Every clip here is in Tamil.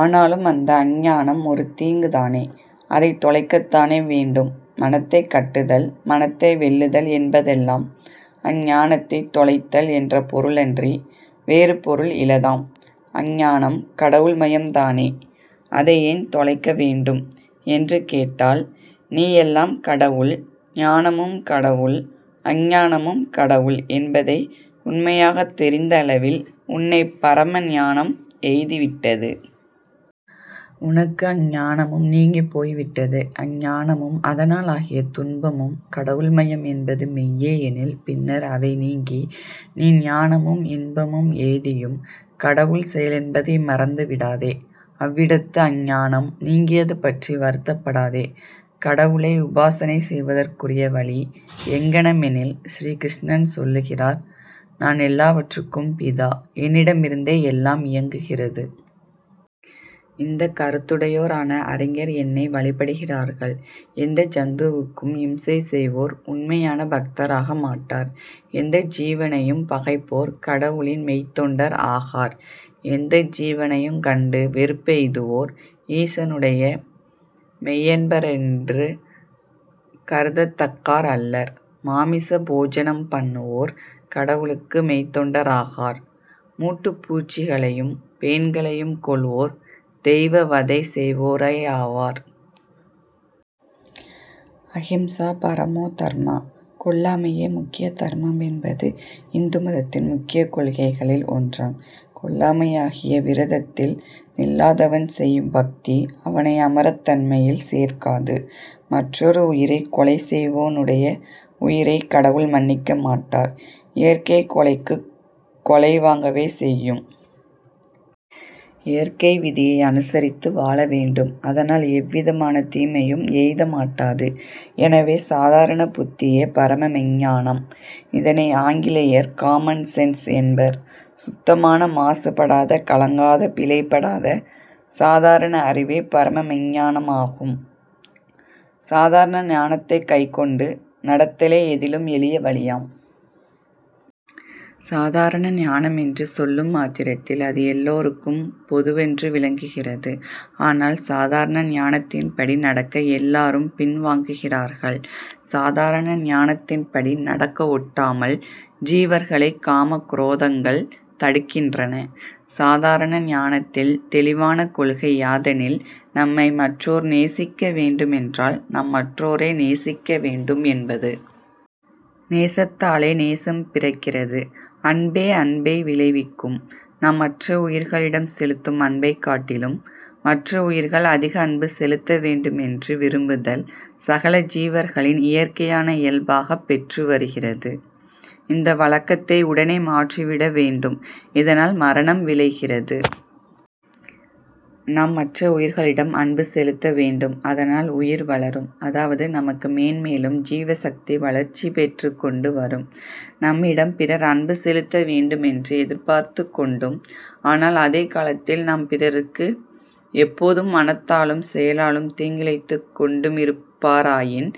ஆனாலும், அந்த அஞ்ஞானம் ஒரு தீங்குதானே? அதைத் தொலைக்கத்தானே வேண்டும்? மனத்தைக் கட்டுதல், மனத்தை வெல்லுதல் என்பதெல்லாம் அஞ்ஞானத்தைத் தொலைத்தல் என்ற பொருளன்றி வேறு பொருள் இலதாம். அஞ்ஞானம் கடவுள் மயம்தானே? அதை ஏன் தொலைக்க வேண்டும்? என்று கேட்டால், நீ எல்லாம் கடவுள், ஞானமும் கடவுள், அஞ்ஞானமும் கடவுள் என்பதை உண்மையாகத் தெரிந்த அளவில் உன்னைப் பரம ஞானம் எய்திவிட்டது. உனக்கு அஞ்ஞானமும் நீங்கிப் போய்விட்டது. அஞ்ஞானமும் அதனாலாகிய துன்பமும் கடவுள் மயம் என்பது மெய்யே எனில் பின்னர் அவை நீங்கி, நீ ஞானமும் இன்பமும் எய்தியும் கடவுள் செயலென்பதை மறந்து விடாதே. அவ்விடத்து அஞ்ஞானம் நீங்கியது பற்றி வருத்தப் படாதே. கடவுளை உபாசனை செய்வதற்குரிய வழி எங்ஙனமெனில், ஸ்ரீ கிருஷ்ணன் சொல்லுகிறார், நான் எல்லாவற்றுக்கும் பிதா, என்னிடமிருந்தே எல்லாம் இயங்குகிறது. இந்தக் கருத்துடையோரான அறிஞர் என்னை வழிபடுகிறார்கள். எந்த ஜந்துவுக்கும் இம்சை செய்வோர் உண்மையான பக்தராக மாட்டார். எந்த ஜீவனையும் பகைப்போர் கடவுளின் மெய்த்தொண்டர் ஆகார். எந்த ஜீவனையுங் கண்டு வெறுப்பெய்துவோர் ஈசனுடைய மெய்யன்பரென்று கருதத்தக்கார் அல்லர். மாமிச போஜனம் பண்ணுவோர் கடவுளுக்கு மெய்த்தொண்டராகார். மூட்டுப் பூச்சிகளையும் பேன்களையும் கொல்வோர் தெய்வவதை செய்வோரேயாவார். அகிம்சா பரமோ தர்மா, கொல்லாமையே முக்கிய தர்மம் என்பது இந்து மதத்தின் முக்கியக் கொள்கைகளில் ஒன்றாம். கொல்லாமையாகிய விரதத்தில் நில்லாதவன் செய்யும் பக்தி அவனை அமரத் தன்மையில் சேர்க்காது. மற்றொரு உயிரைக் கொலை செய்வோனுடைய உயிரைக்கடவுள் மன்னிக்க மாட்டார். இயற்கை கொலைக்குக்கொலை வாங்கவே செய்யும். இயற்கை விதியை அனுசரித்து வாழ வேண்டும். அதனால் எவ்விதமான தீமையும் எய்த மாட்டாது. எனவே, சாதாரண புத்தியே பரம மெய்ஞ்ஞானம். இதனை ஆங்கிலேயர் காமன் சென்ஸ் என்பர். சுத்தமான மாசு படாத, கலங்காத, பிழை படாத சாதாரண அறிவே பரம மெய்ஞ்ஞானமாகும். சாதாரண ஞானத்தைக் கைக்கொண்டு நடத்தலே எதிலும் எளிய வழியாம். சாதாரண ஞானமென்று சொல்லும் மாத்திரத்தில் அது எல்லோருக்கும் பொதுவென்று விளங்குகிறது. ஆனால் சாதாரண ஞானத்தின்படி நடக்க எல்லாரும் பின் வாங்குகிறார்கள். சாதாரண ஞானத்தின்படி நடக்கவொட்டாமல் ஜீவர்களைக் காமக் குரோதங்கள் தடுக்கின்றன. சாதாரண ஞானத்தில் தெளிவான கொள்கை யாதெனில், நம்மை மற்றோர் நேசிக்க வேண்டுமென்றால், நம் மற்றோரை நேசிக்க வேண்டும் என்பது. நேசத்தாலே நேசம் பிறக்கிறது. அன்பே அன்பை விளைவிக்கும். நாம் மற்ற உயிர்களிடம் செலுத்தும் அன்பைக் காட்டிலும் மற்ற உயிர்கள் அதிக அன்பு செலுத்த வேண்டுமென்று விரும்புதல் சகல ஜீவர்களின் இயற்கையான இயல்பாகப் பெற்று வருகிறது. இந்த வழக்கத்தை உடனே மாற்றிவிட வேண்டும். இதனால் மரணம் விளைகிறது. நாம் மற்ற உயிர்களிடம் அன்பு செலுத்த வேண்டும். அதனால் உயிர் வளரும், அதாவது நமக்கு மேன்மேலும் ஜீவசக்தி வளர்ச்சி பெற்றுக் கொண்டு வரும். நம்மிடம் பிறர் அன்பு செலுத்த வேண்டுமென்று எதிர்பார்த்துக் கொண்டும், ஆனால் அதே காலத்தில் நாம் பிறருக்கு எப்போதும் மனத்தாலும் செயலாலும் தீங்கிழைத்துக் கொண்டுமிருப்பாராயின்,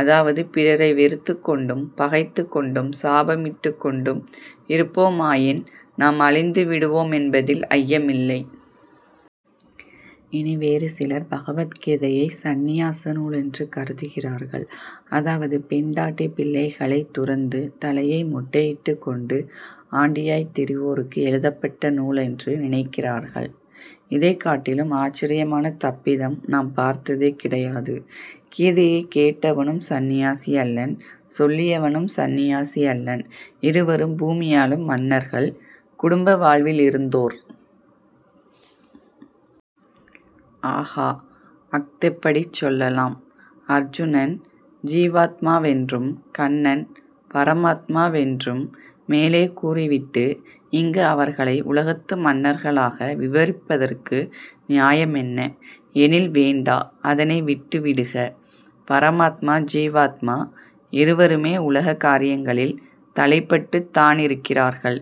அதாவது பிறரை வெறுத்துக்கொண்டும், பகைத்துக் கொண்டும், சாபமிட்டுக் கொண்டும் இருப்போமாயின் நாம் அழிந்து விடுவோமென்பதில் ஐயமில்லை. இனி, வேறு சிலர் பகவத் கீதையை சந்நியாச நூலென்று கருதுகிறார்கள். அதாவது பெண்டாட்டி பிள்ளைகளைத் துறந்து, தலையை மொட்டையிட்டுக் கொண்டு ஆண்டியாய்த் திரிவோருக்கு எழுதப்பட்ட நூலென்று நினைக்கிறார்கள். இதைக் காட்டிலும் ஆச்சரியமான தப்பிதம் நாம் பார்த்ததே கிடையாது. கீதையைக் கேட்டவனும் சந்நியாசியல்லன், சொல்லியவனும் சந்நியாசியல்லன். இருவரும் பூமியாளும் மன்னர்கள், குடும்ப வாழ்விலிருந்தோர். ஆகா! அஃதெப்படிச் சொல்லலாம்? அர்ஜுனன் ஜீவாத்மாவென்றும், கண்ணன் பரமாத்மா வென்றும் மேலே கூறிவிட்டு, இங்கு அவர்களை உலகத்து மன்னர்களாக விவரிப்பதற்கு நியாயமென்ன? எனில் வேண்டா, அதனை விட்டுவிடுக. பரமாத்மா ஜீவாத்மா இருவருமே உலக காரியங்களில் தளைப்பட்டுத் தானிருக்கிறார்கள்.